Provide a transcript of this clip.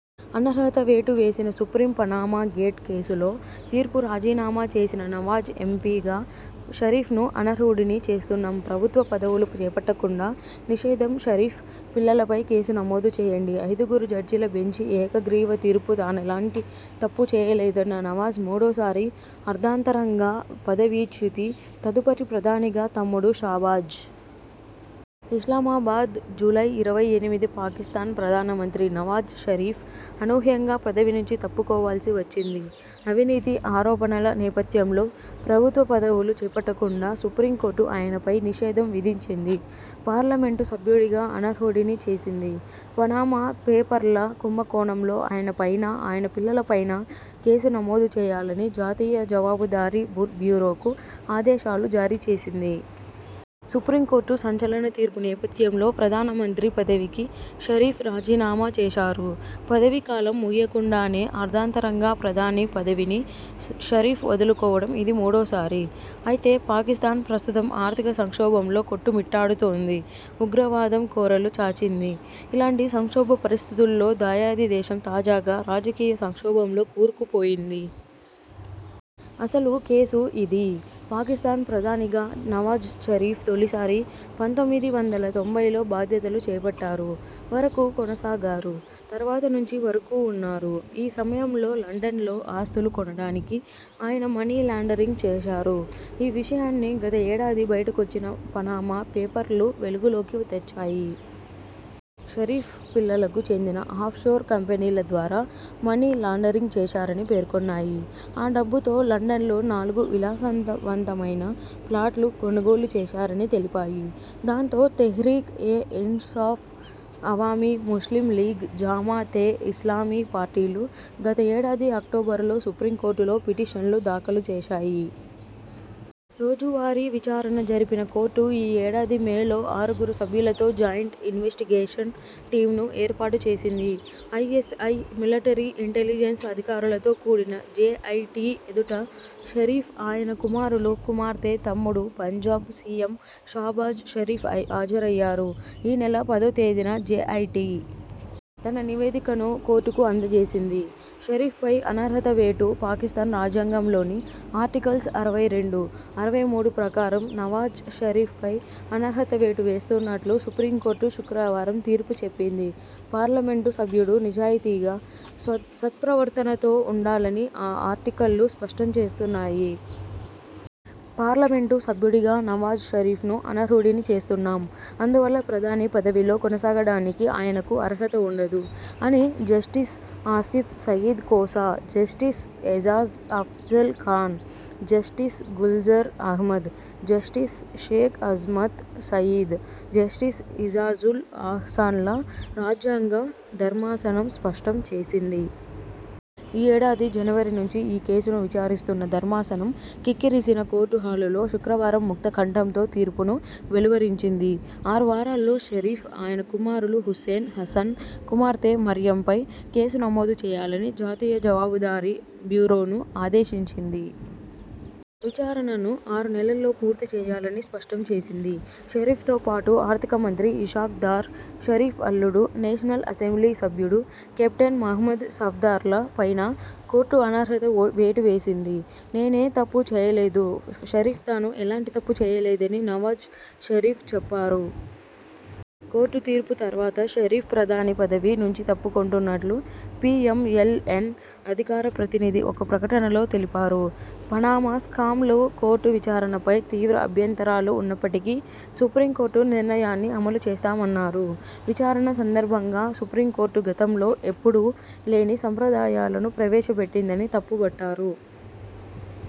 అనర్హత వేటు వేసిన సుప్రీం పనామా గేట్ కేసులో తీర్పురాజీనామా చేసిన నవాజ్ ఎం.పి గా షరీఫ్ను అనర్హుడిని చేస్తున్నాం ప్రభుత్వ పదవులు చేపట్టకుండా నిషేధం షరీఫ్, పిల్లలపై కేసు నమోదు చేయండి ఐదుగురు జడ్జిల బెంచి ఏకగ్రీవ తీర్పు తానెలాంటి తప్పు చేయలేదన్న నవాజ్ మూడోసారి అర్థాంతరంగా పదవీచ్యుతి తదుపరి ప్రధానిగా తమ్ముడు షాబాజ్? ఇస్లామాబాద్, జూలై ఇరవై ఎనిమిది పాకిస్థాన్ ప్రధాన మంత్రి నవాజ్ షరీఫ్ అనూహ్యంగా పదవి నుంచి తప్పుకోవాల్సి వచ్చింది. అవినీతి ఆరోపణల నేపథ్యంలో, ప్రభుత్వ పదవులు చేపట్టకుండా సుప్రీం కోర్టు ఆయనపై నిషేధం విధించింది. పార్లమెంటు సభ్యుడిగా అనర్హుడిని చేసింది. పనామా పేపర్ల కుంభ కోణంలో ఆయన పైనా, ఆయన పిల్లల పైనా కేసు నమోదు చేయాలని జాతీయ జవాబుదారీ బ్యూరోకు ఆదేశాలు జారీ చేసింది. సుప్రీం కోర్టు సంచలన తీర్పు నేపథ్యంలో ప్రధాన మంత్రి పదవికి షరీఫ్ రాజీనామా చేశారు. పదవీ కాలం ముగియకుండానే అర్థాంతరంగా ప్రధాని పదవిని షరీఫ్ వదులుకోవడం ఇది మూడోసారి. అయితే, పాకిస్థాన్ ప్రస్తుతం ఆర్థిక సంక్షోభంలో కొట్టుమిట్టాడుతోంది. ఉగ్రవాదం కోరలు చాచింది. ఇలాంటి సంక్షోభ పరిస్థితుల్లో దాయాది దేశం తాజాగా రాజకీయ సంక్షోభంలో కూరుకుపోయింది. అసలు కేసు ఇదీ! పాకిస్థాన్ ప్రధానిగా నవాజ్ షరీఫ్ తొలిసారి పంతొమ్మిది వందల తొంభైలో బాధ్యతలు చేపట్టారు. వరకూ కొనసాగారు. తర్వాత నుంచి వరకూ ఉన్నా రు. ఈ సమయంలో లండన్ లో ఆస్తులు కొనడానికి ఆయన మనీ లాండరింగ్ చేశారు. ఈ విషయాన్ని గత ఏడాది బయటకొచ్చిన పనామా పేపర్లు వెలుగులోకి తెచ్చాయి. షరీఫ్ పిల్లలకు చెందిన ఆఫ్షోర్ కంపెనీల ద్వారా మనీ లాండరింగ్ చేశారని పేర్కొన్నాయి. ఆ డబ్బుతో లండన్లో నాలుగు విలాసంవంతమైన ఫ్లాట్లు కొనుగోలు చేశారని తెలిపాయి. దాంతో, తెహ్రీక్ ఏ ఇన్సాఫ్, అవామీ ముస్లిం లీగ్, జామా తే ఇస్లామీ పార్టీలు గత ఏడాది అక్టోబరులో సుప్రీం కోర్టులో పిటిషన్లు దాఖలు చేశాయి. రోజువారీ విచారణ జరిపిన కోర్టు ఈ ఏడాది మేలో ఆరుగురు సభ్యులతో జాయింట్ ఇన్వెస్టిగేషన్ టీమ్ను ఏర్పాటు చేసిం ది. ఐ.ఎస్.ఐ, మిలటరీ ఇంటెలిజెన్స్ అధికారులతో కూడిన జే.ఐ.టీ ఎదుట షరీఫ్, ఆయన కుమారులు, కుమార్తె, తమ్ముడు, పంజాబ్ సీ.ఎం షాబాజ్ షరీఫ్ హాజరయ్యారు. ఈ నెల పదో తేదీన జే.ఐ.టీ తన నివేదికను కోర్టుకు అందజేసింది. షరీఫ్ పై అనర్హత వేటు. పాకిస్థాన్ రాజ్యాంగంలోని ఆర్టికల్స్ అరవై రెండు, అరవై మూడు ప్రకారం నవాజ్ షరీఫ్ పై అనర్హత వేటు వేస్తున్నట్లు సుప్రీం కోర్టు శుక్రవారం తీర్పు చెప్పింది. పార్లమెంటు సభ్యుడు నిజాయతీగా, స సత్ప్రవర్తనతో ఉండాలని ఆ ఆర్టికళ్లు స్పష్టం చేస్తున్నాయి. ''పార్లమెంటు సభ్యుడిగా నవాజ్ షరీఫ్ను అనర్హుడిని చేస్తున్నాం. అందువల్ల ప్రధాని పదవిలో కొనసాగడానికి ఆయనకు అర్హత ఉండదు'' అని justice Asif Saeed Khosa, justice Ejaz Afzal Khan, justice Gulzar Ahmed, justice Sheikh Azmat Saeed, justice Ijazul అహ్సాన్ల రాజ్యాంగ ధర్మాసనం స్పష్టం చేసింది. ఈ ఏడా ది జనవరి నుంచి ఈ కేసును విచారిస్తున్న ధర్మాసనం.. కిక్కిరిసిన కోర్టు హాలులో శుక్రవారం ముక్త కంఠంతో తీర్పు ను వెలువరించింది. ఆరు వారాల్లో షరీఫ్, ఆయన కుమారులు హుస్సేన్, హసన్, కుమార్తె మరియంపై కేసు నమోదు చెయ్యాలని జాతీయ జవాబుదారీ బ్యూరోను ఆదేశించింది. విచారణను ఆరు నెలల్లో పూర్తి చేయాలని స్పష్టం చేసింది. షరీఫ్ తో పాటు ఆర్థిక మంత్రి ఇషాక్ దార్, షరీఫ్ అల్లుడు, నేషనల్ అసెంబ్లీ సభ్యుడు కెప్టెన్ మహ్మద్ సఫ్దార్ల పైనా కోర్టు అనర్హత వోటు వేటు వేసింది. నేనే తప్పూ చేయలేదు షరీఫ్తాను ఎలాంటి తప్పు చేయలేదని నవాజ్ షరీఫ్ చెప్పారు. కోర్టు తీర్పు తర్వాత షరీఫ్ ప్రధాని పదవి నుంచి తప్పుకొంటున్నట్లు పీ.ఎం.ఎల్. ఎన్ అధికార ప్రతినిధి ఒక ప్రకటనలో తెలిపారు. పనామా స్కాంలో కోర్టు విచారణపై తీవ్ర అభ్యంతరాలు ఉన్నప్పటికీ, సుప్రీం కోర్టు నిర్ణయాన్ని అమలు చేస్తామన్నారు. విచారణ సందర్భంగా సుప్రీం కోర్టు గతంలో ఎప్పుడూ లేని సంప్రదాయాలను ప్రవేశపెట్టిందని తప్పుబట్టారు.